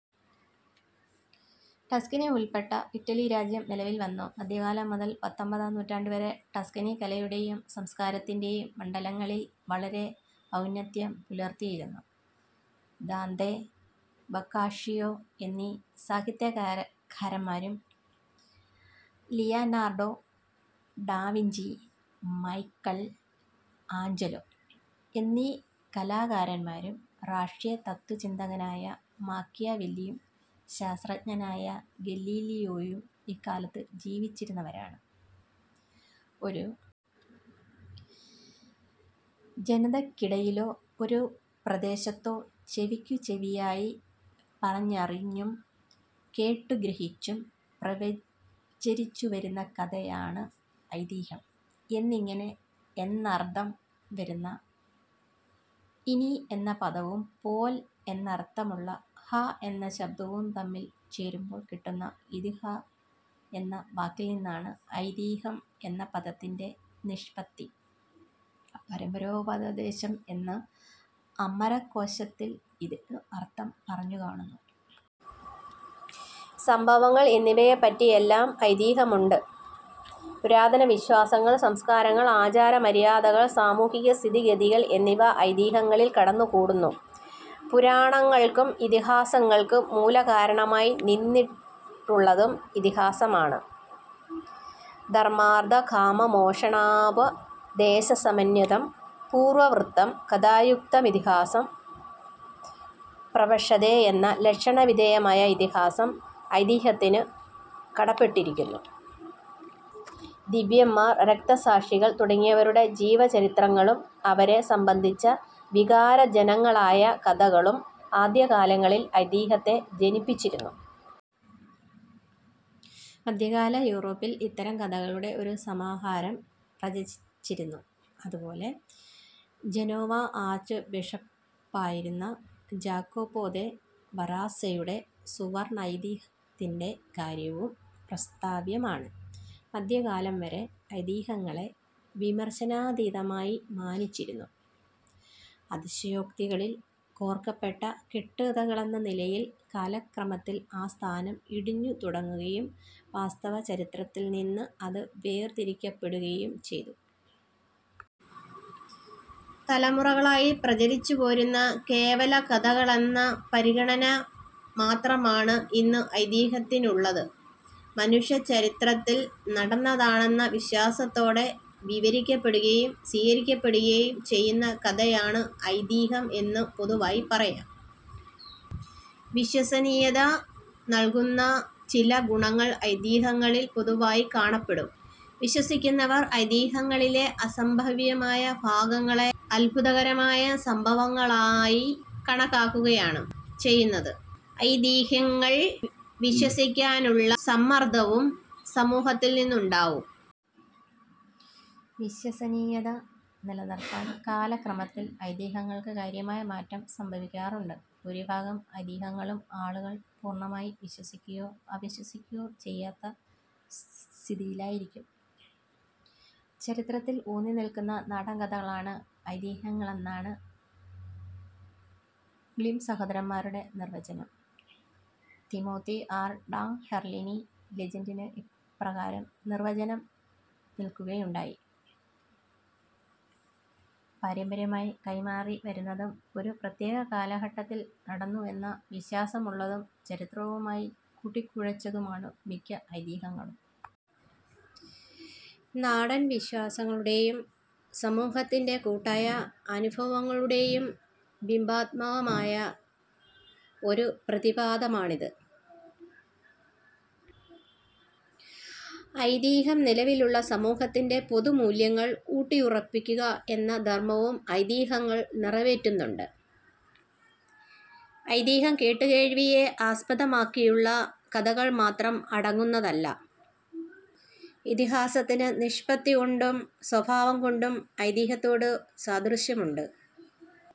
Tuscany ഉൾപ്പെട്ട Italy രാജ്യം നിലവിൽവന്നു. മധ്യകാലം മുതൽ പത്തൊൻപതാം നൂറ്റാണ്ടുവരെ ടസ്കനി കലയുടെയും സംസ്കാരത്തിൻ്റെ യും മണ്ഡലങ്ങളിൽ വളരെ ഔന്നത്യം പുലർത്തിയിരുന്നു. ദാന്തെ. ബൊക്കാഷിയോ എന്നീ സാഹിത്യകാരന്മാരും ലിയനാർഡോ ഡാവിഞ്ചി. മൈക്കൽ ആഞ്ചലോ എന്നീ കലാകാരന്മാരും രാഷ്ട്രീയ തത്ത്വചിന്തകനായ മാക്കിയവെല്ലിയും ശാസ്ത്രജ്ഞനായ ഗലീലിയോയും ഇക്കാലത്ത് ജീവിച്ചിരുന്നവരാണ്. ഒരു ജനതയ്ക്കിടയിലോ ഒരു പ്രദേശത്തോ ചെവിക്കുചെവിയായി പറഞ്ഞറിഞ്ഞും കേട്ടുഗ്രഹിച്ചും പ്രചരിച്ചുവരുന്ന കഥയാണ് ഐതിഹ്യം. എന്നിങ്ങനെ എന്നർഥം വരുന്ന ഇതി എന്ന പദവും പോൽ എന്നർഥമുള്ള ഹ എന്ന ശബ്ദവും തമ്മിൽ ചേരുമ്പോൾ കിട്ടുന്ന ഇതിഹ എന്ന വാക്കിൽനിന്നാണ് ഐതിഹ്യം എന്ന പദത്തിൻ്റെ നിഷ്പത്തി. പാരമ്പര്യോപദേശം എന്ന് അമരകോശത്തിൽ ഇതിന് അർഥം പറഞ്ഞുകാണുന്നു. സംഭവങ്ങൾ എന്നിവയെപ്പറ്റിയെല്ലാം ഐതിഹ്യമുണ്ട്. പുരാതന വിശ്വാസങ്ങൾ. സംസ്കാരങ്ങൾ. ആചാരമര്യാദകൾ. സാമൂഹികസ്ഥിതിഗതികൾ എന്നിവ ഐതിഹ്യങ്ങളിൽ കടന്നുകൂടുന്നു. പുരാണങ്ങൾക്കും ഇതിഹാസങ്ങൾക്കും മൂലകാരണമായി നിന്നിട്ടുള്ളതും ഐതിഹ്യമാണ്. ധർമാർഥകാമമോക്ഷാണാമുപദേശസമന്വിതം പൂർവവൃത്തം കഥായുക്തമിതിഹാസം പ്രചക്ഷതേ എന്ന ലക്ഷണവിധേയമായ ഇതിഹാസം ഐതിഹ്യത്തിനു കടപ്പെട്ടിരിക്കുന്നു. ദിവ്യന്മാർ. രക്തസാക്ഷികൾ തുടങ്ങിയവരുടെ ജീവചരിത്രങ്ങളും അവരെ സംബന്ധിച്ച വികാരജനകങ്ങളായ കഥകളും ആദ്യകാലങ്ങളിൽ ഐതിഹ്യത്തെ ജനിപ്പിച്ചിരുന്നു. മധ്യകാല യൂറോപ്പിൽ ഇത്തരം കഥകളുടെ ഒരു സമാഹാരം പ്രചരിച്ചിരുന്നു. അതുപോലെ ജനോവ ആർച്ച് ബിഷപ്പായിരുന്ന ജാകൊപോ ദെ വരാസ്സായുടെ സുവർണൈതിഹ്യത്തിൻ്റെ കാര്യവും പ്രസ്താവ്യമാണ്. മധ്യകാലം വരെ ഐതിഹ്യങ്ങളെ വിമർശനാതീതമായി മാനിച്ചിരുന്നു. അതിശയോക്തികളിൽ കോർക്കപ്പെട്ട കെട്ടുകഥകളെന്ന നിലയിൽ കാലക്രമത്തിൽ ആ സ്ഥാനം ഇടിഞ്ഞുതുടങ്ങുകയും വാസ്തവചരിത്രത്തിൽനിന്ന് അത് വേർതിരിക്കപ്പെടുകയും ചെയ്തു. തലമുറകളായി പ്രചരിച്ചുപോരുന്ന കേവലകഥകളെന്ന പരിഗണന മാത്രമാണ് ഇന്ന് ഐതിഹ്യത്തിനുള്ളത്. മനുഷ്യചരിത്രത്തിൽ നടന്നതാണെന്ന വിശ്വാസത്തോടെ വിവരിക്കപ്പെടുകയും സ്വീകരിക്കപ്പെടുകയും ചെയ്യുന്ന കഥയാണ് ഐതിഹ്യം എന്ന് പൊതുവായി പറയാം. വിശ്വസനീയത നൽകുന്ന ചില ഗുണങ്ങൾ ഐതിഹ്യങ്ങളിൽ പൊതുവായി കാണപ്പെടും. വിശ്വസിക്കുന്നവർ ഐതിഹ്യങ്ങളിലെ അസംഭവ്യമായ ഭാഗങ്ങളെ അത്ഭുതകരമായ സംഭവങ്ങളായി കണക്കാക്കുകയാണ് ചെയ്യുന്നത്. ഐതിഹ്യങ്ങൾ വിശ്വസിക്കാനുള്ള സമ്മർദവും സമൂഹത്തിൽനിന്നുണ്ടാകും. വിശ്വസനീയത നിലനിർത്താൻ കാലക്രമത്തിൽ ഐതിഹ്യങ്ങൾക്ക് കാര്യമായ മാറ്റം സംഭവിക്കാറുണ്ട്. ഭൂരിഭാഗം ഐതിഹ്യങ്ങളും ആളുകൾ പൂർണമായി വിശ്വസിക്കുകയോ അവിശ്വസിക്കുകയോ ചെയ്യാത്ത സ്ഥിതിയിലായിരിക്കും. ചരിത്രത്തിൽ ഊന്നിനിൽക്കുന്ന നാടൻകഥകളാണ് ഐതിഹ്യങ്ങളെന്നാണ് ഗ്രിം സഹോദരന്മാരുടെ നിർവചനം. Timothy R. ടാങ്ഹെർലിനി ലെജന്റിന് ഇപ്രകാരം നിർവചനം നൽകുകയുണ്ടായി. പാരമ്പര്യമായി കൈമാറിവരുന്നതും ഒരു പ്രത്യേക കാലഘട്ടത്തിൽ നടന്നു എന്ന വിശ്വാസമുള്ളതും ചരിത്രവുമായി കൂട്ടിക്കുഴച്ചതുമാണ് മിക്ക ഐതിഹ്യങ്ങളും. നാടൻ വിശ്വാസങ്ങളുടെയും സമൂഹത്തിൻ്റെ കൂട്ടായ അനുഭവങ്ങളുടെയും ബിംബാത്മകമായ ഒരു പ്രതിപാദനമാണിത്. ഐതിഹ്യം നിലവിലുള്ള സമൂഹത്തിൻ്റെ പൊതുമൂല്യങ്ങൾ ഊട്ടിയുറപ്പിക്കുക എന്ന ധർമവും ഐതിഹ്യങ്ങൾ നിറവേറ്റുന്നുണ്ട്. ഐതിഹ്യം കേട്ടുകേൾവിയെ ആസ്പദമാക്കിയുള്ള കഥകൾ മാത്രം അടങ്ങുന്നതല്ല. ഇതിഹാസത്തിന് പദനിഷ്പത്തികൊണ്ടും സ്വഭാവംകൊണ്ടും ഐതിഹ്യത്തോട് സാദൃശ്യമുണ്ട്.